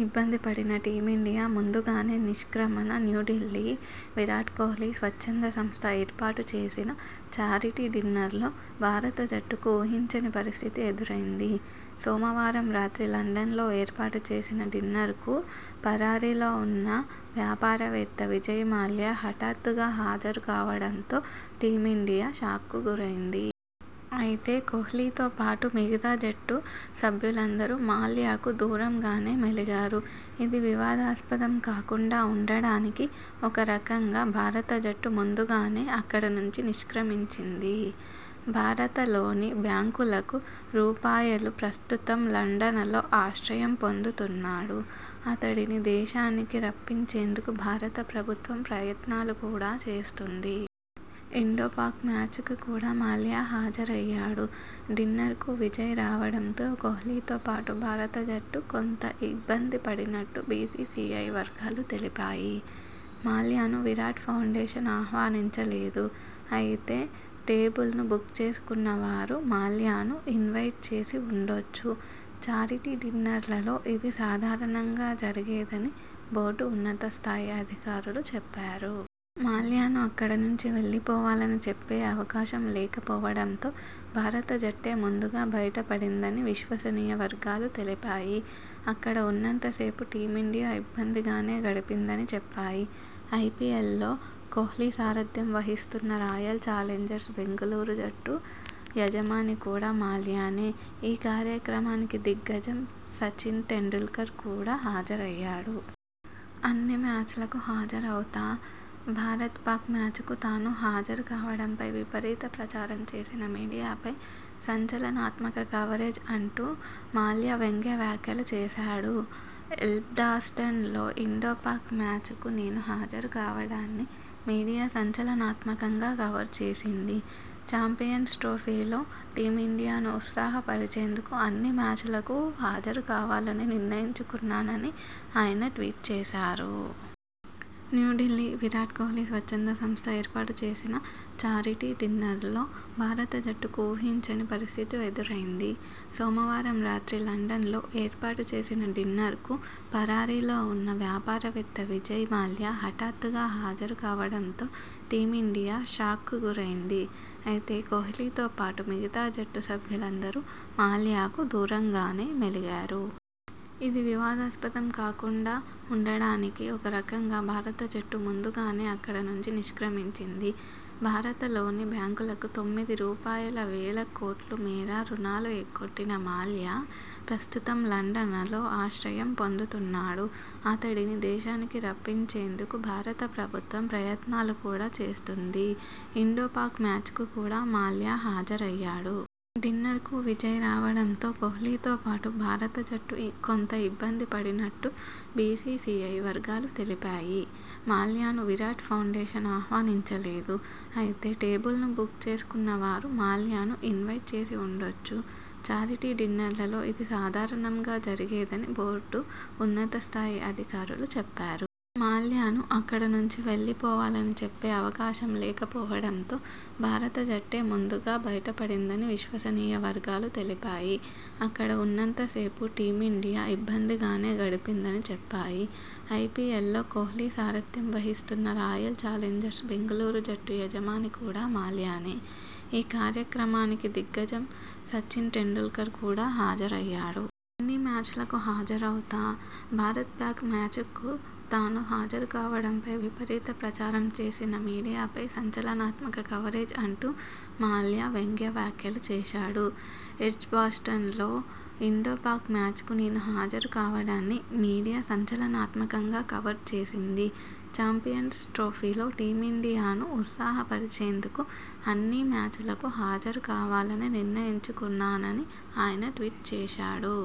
ఇబ్బందిపడిన team India ముందుగానే నిష్క్రమణ న్యూఢిల్లీ విరాట్ కోహ్లీ స్వచ్ఛంద సంస్థ ఏర్పాటు చేసిన 'ఛారిటీ డిన్నర్'లో భారత జట్టుకు ఊహించని పరిస్థితి ఎదురైంది. సోమవారం రాత్రి లండన్ లో ఏర్పాటు చేసిన డిన్నర్కు పరారీలో ఉన్న వ్యాపారవేత్త విజయ్ మాల్యా హఠాత్తుగా హాజరుకావడంతో టీమిండియా షాక్కు గురైంది. అయితే కోహ్లీతోపాటు మిగతా జట్టు సభ్యులందరూ మాల్యాకు దూరంగానే మెలిగారు. ఇది వివాదాస్పదం కాకుండా ఉండడానికి ఒకరకంగా భారత జట్టు ముందుగానే అక్కడి నుంచి నిష్క్రమించింది. భారతలోని బ్యాంకులకు రూపాయలు ప్రస్తుతం లండనలో ఆశ్రయం పొందుతున్నాడు. అతడిని దేశానికి రప్పించేందుకు భారత ప్రభుత్వం ప్రయత్నాలు కూడా చేస్తోంది. ఇండో-పాక్ మ్యాచ్ కు కూడా మాల్యా హాజరయ్యాడు. డిన్నర్కు విజయ్ రావడంతో కోహ్లీతోపాటు భారత జట్టు కొంత ఇబ్బందిపడినట్టు బీసీసీఐ వర్గాలు తెలిపాయి. 'మాల్యాను విరాట్ ఫౌండేషన్ ఆహ్వానించలేదు. అయితే టేబుల్ను బుక్ చేసుకున్న వారు మాల్యాను ఇన్వైట్ చేసి ఉండొచ్చు. ఛారిటీ డిన్నర్లలో ఇది సాధారణంగా జరిగేద'ని బోర్డు ఉన్నతస్థాయి అధికారులు చెప్పారు. మాల్యాను అక్కడి నుంచి వెళ్లిపోవాలని చెప్పే అవకాశం లేకపోవడంతో.. భారత జట్టే ముందుగా బయటపడిందని విశ్వసనీయ వర్గాలు తెలిపాయి. అక్కడ ఉన్నంత సేపు టీమిండియా ఇబ్బందిగానే గడిపిందని చెప్పాయి. ఐపీఎల్లో కోహ్లీ సారథ్యం వహిస్తున్న రాయల్ చాలెంజర్స్ బెంగళూరు జట్టు యజమాని కూడా మాల్యానే ఈ కార్యక్రమానికి దిగ్గజం సచిన టెండూల్కర్ కూడా హాజరయ్యాడు. అన్ని మ్యాచలకూ హాజరవుతా.. భారత్-పాక్ మ్యాచ్ కు తాను హాజరుకావడంపై విపరీత ప్రచారం చేసిన మీడియాపై 'సంచలనాత్మక కవరేజ్' అంటూ మాల్యా వ్యంగ్య వ్యాఖ్యలు చేశాడు. 'ఎడ్జ్బాస్టన్ లో ఇండో-పాక్ మ్యాచ కు నేను హాజరుకావడాన్ని మీడియా సంచలనాత్మకంగా కవర్ చేసింది. చాంపియన్స్ ట్రోఫీలో టీమిండియాను ఉత్సాహపరిచేందుకు అన్ని మ్యాచ్ లకూ హాజరుకావాలని నిర్ణయించుకున్నాన'ని ఆయన ట్వీట్ చేశాడు. న్యూఢిల్లీ విరాట్ కోహ్లీ స్వచ్ఛంద సంస్థ ఏర్పాటు చేసిన 'ఛారిటీ డిన్నర్'లో భారత జట్టుకు ఊహించని పరిస్థితి ఎదురైంది. సోమవారం రాత్రి లండన్ లో ఏర్పాటు చేసిన డిన్నర్కు పరారీలో ఉన్న వ్యాపారవేత్త విజయ్ మాల్యా హఠాత్తుగా హాజరుకావడంతో టీమిండియా షాక్కు గురైంది. అయితే కోహ్లీతోపాటు మిగతా జట్టు సభ్యులందరూ మాల్యాకు దూరంగానే మెలిగారు. ఇది వివాదాస్పదం కాకుండా ఉండడానికి ఒకరకంగా భారత జట్టు ముందుగానే అక్కడి నుంచి నిష్క్రమించింది. భారతలోని బ్యాంకులకు తొమ్మిది రూపాయలువేల కోట్ల మేర రుణాలు ఎగ్గొట్టిన మాల్యా.. ప్రస్తుతం లండనలో ఆశ్రయం పొందుతున్నాడు. అతడిని దేశానికి రప్పించేందుకు భారత ప్రభుత్వం ప్రయత్నాలు కూడా చేస్తోంది. ఇండో-పాక్ మ్యాచ్ కు కూడా మాల్యా హాజరయ్యాడు. డిన్నర్కు విజయ్ రావడంతో కోహ్లీతోపాటు భారత జట్టు కొంత ఇబ్బందిపడినట్టు బీసీసీఐ వర్గాలు తెలిపాయి. 'మాల్యాను విరాట్ ఫౌండేషన్ ఆహ్వానించలేదు. అయితే టేబుల్ను బుక్ చేసుకున్న వారు మాల్యాను ఇన్వైట్ చేసి ఉండొచ్చు. ఛారిటీ డిన్నర్లలో ఇది సాధారణంగా జరిగేద'ని బోర్డు ఉన్నతస్థాయి అధికారులు చెప్పారు. మాల్యాను అక్కడి నుంచి వెళ్లిపోవాలని చెప్పే అవకాశం లేకపోవడంతో.. భారత జట్టే ముందుగా బయటపడిందని విశ్వసనీయ వర్గాలు తెలిపాయి. అక్కడ ఉన్నంత సేపు టీమిండియా ఇబ్బందిగానే గడిపిందని చెప్పాయి. ఐపీఎల్లో కోహ్లీ సారథ్యం వహిస్తున్న రాయల్ చాలెంజర్స్ బెంగళూరు జట్టు యజమాని కూడా మాల్యానే..! ఈ కార్యక్రమానికి దిగ్గజం సచిన టెండూల్కర్ కూడా హాజరయ్యాడు. అన్ని మ్యాచలకూ హాజరవుతా.. భారత్-పాక్ మ్యాచ్ కు తాను హాజరుకావడంపై విపరీత ప్రచారం చేసిన మీడియాపై 'సంచలనాత్మక కవరేజ్' అంటూ మాల్యా వ్యంగ్య వ్యాఖ్యలు చేశాడు. 'ఎడ్జ్బాస్టన్ లో ఇండో-పాక్ మ్యాచ కు నేను హాజరుకావడాన్ని మీడియా సంచలనాత్మకంగా కవర్ చేసింది. చాంపియన్స్ ట్రోఫీలో టీమిండియాను ఉత్సాహపరిచేందుకు అన్ని మ్యాచ్ లకూ హాజరుకావాలని నిర్ణయించుకున్నాన'ని ఆయన ట్వీట్ చేశాడు.